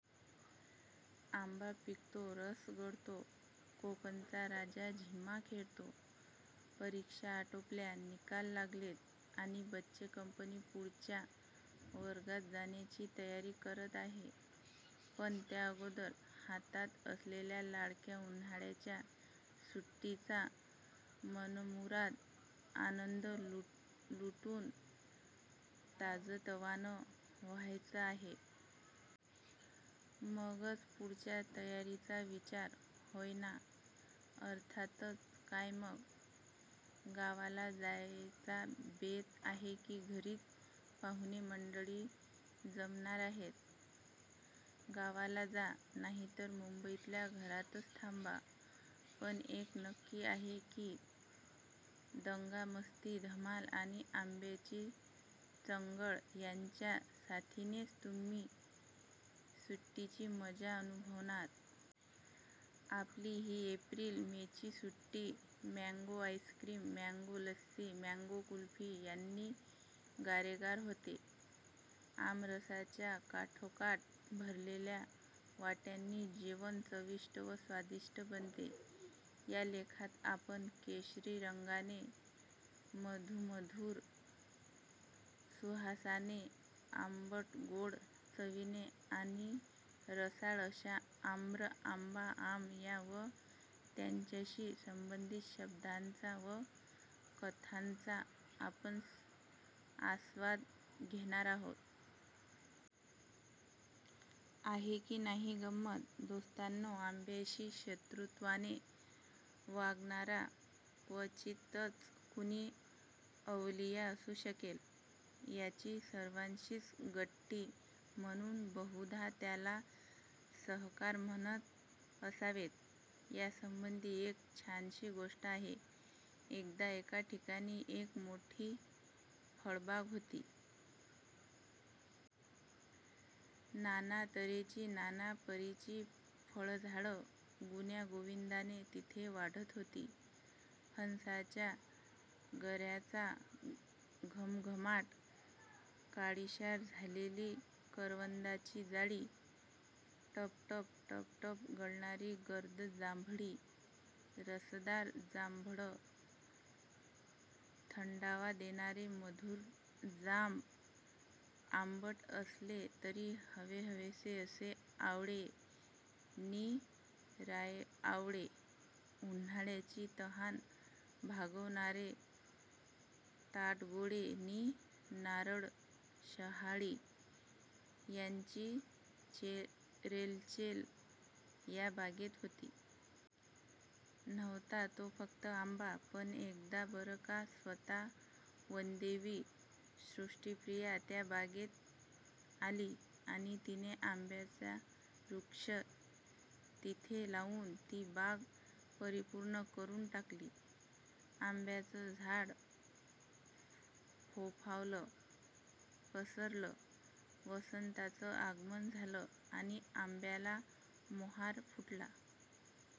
आंबा पिकितो, रस गळतो, कोकणचा राजा झिम्मा खेळतो'.. परीक्षा आटोपल्या, निकाल लागलेत आणि बच्चेकंपनी पुढच्या वर्गात जाण्याची तयारी करणार आहे. पण त्या अगोदर हातात असलेल्या लाडक्या उन्हाळ्याच्या सुट्टीचा मनमुराद आनंद लुटून ताजंतवानं व्हायचं आहे. मगच पुढच्या तयारीचा विचार, होय ना? अर्थातच. काय मग. गावाला जायचा बेत आहे की घरीच पाहुणेमंडळी जमणार आहेत? गावाला जा, नाहीतर मुंबईतल्या घरातच थांबा. पण एक नक्की आहे की, दंगामस्ती, धम्माल आणि आंब्याची चंगळ यांच्या साथीनेच तुम्ही सुट्टीची मजा अनुभवणार. आपली ही एप्रिल-मेची सुट्टी mango ice cream, mango lassi, mango kulfi यांनी गारेगार होते. आमरसाच्या काठोकाठ भरलेल्या वाट्यांनी जेवण चविष्ट व स्वादिष्ट बनते. या लेखात आपण केशरी रंगाने, मधुमधुर सुवासाने, आंबटगोड चवीने आणि रसाळ अशा आम्र, आंबा, आम या व त्यांच्याशी संबंधित शब्दांचा व कथांचा आपण आस्वाद घेणार आहोत. आहे की नाही गंमत. दोस्तांनो, आंब्याशी शत्रुत्वाने वागणारा क्वचितच कुणी अवलिया असू शकेल. याची सर्वांशीच गट्टी. म्हणून बहुधा त्याला 'सहकार' म्हणत असावेत. यासंबंधी एक छानशी गोष्ट आहे. एकदा एका ठिकाणी एक मोठी फळबाग होती. नाना तऱ्हेची, नाना परीची फळझाडं गुण्यागोविंदाने तिथे वाढत होती. फणसाच्या गऱ्यांचा घमघमाट, काळीशार झालेली करवंदाची जाळी, टपटप टपटप गळणारी गर्द जांभळी रसदार जांभळं, थंडावा देणारे मधुर जांब, आंबट असले, तरी हवेहवेसे असे आवळे नि रायआवळे, उन्हाळ्याची तहान भागवणारे ताडगोळे नि नारळ-शहाळी यांची रेलचेल या बागेत होती. नव्हता तो फक्त आंबा. पण एकदा बरं का, स्वतः वनदेवी सृष्टीप्रिया त्या बागेत आली आणि तिने आंब्याचा वृक्ष तिथे लावून ती बाग परिपूर्ण करून टाकली. आंब्याचं झाड फोफावलं. पसरलं. वसंताचं आगमन झालं आणि आंब्याला मोहोर फुटला.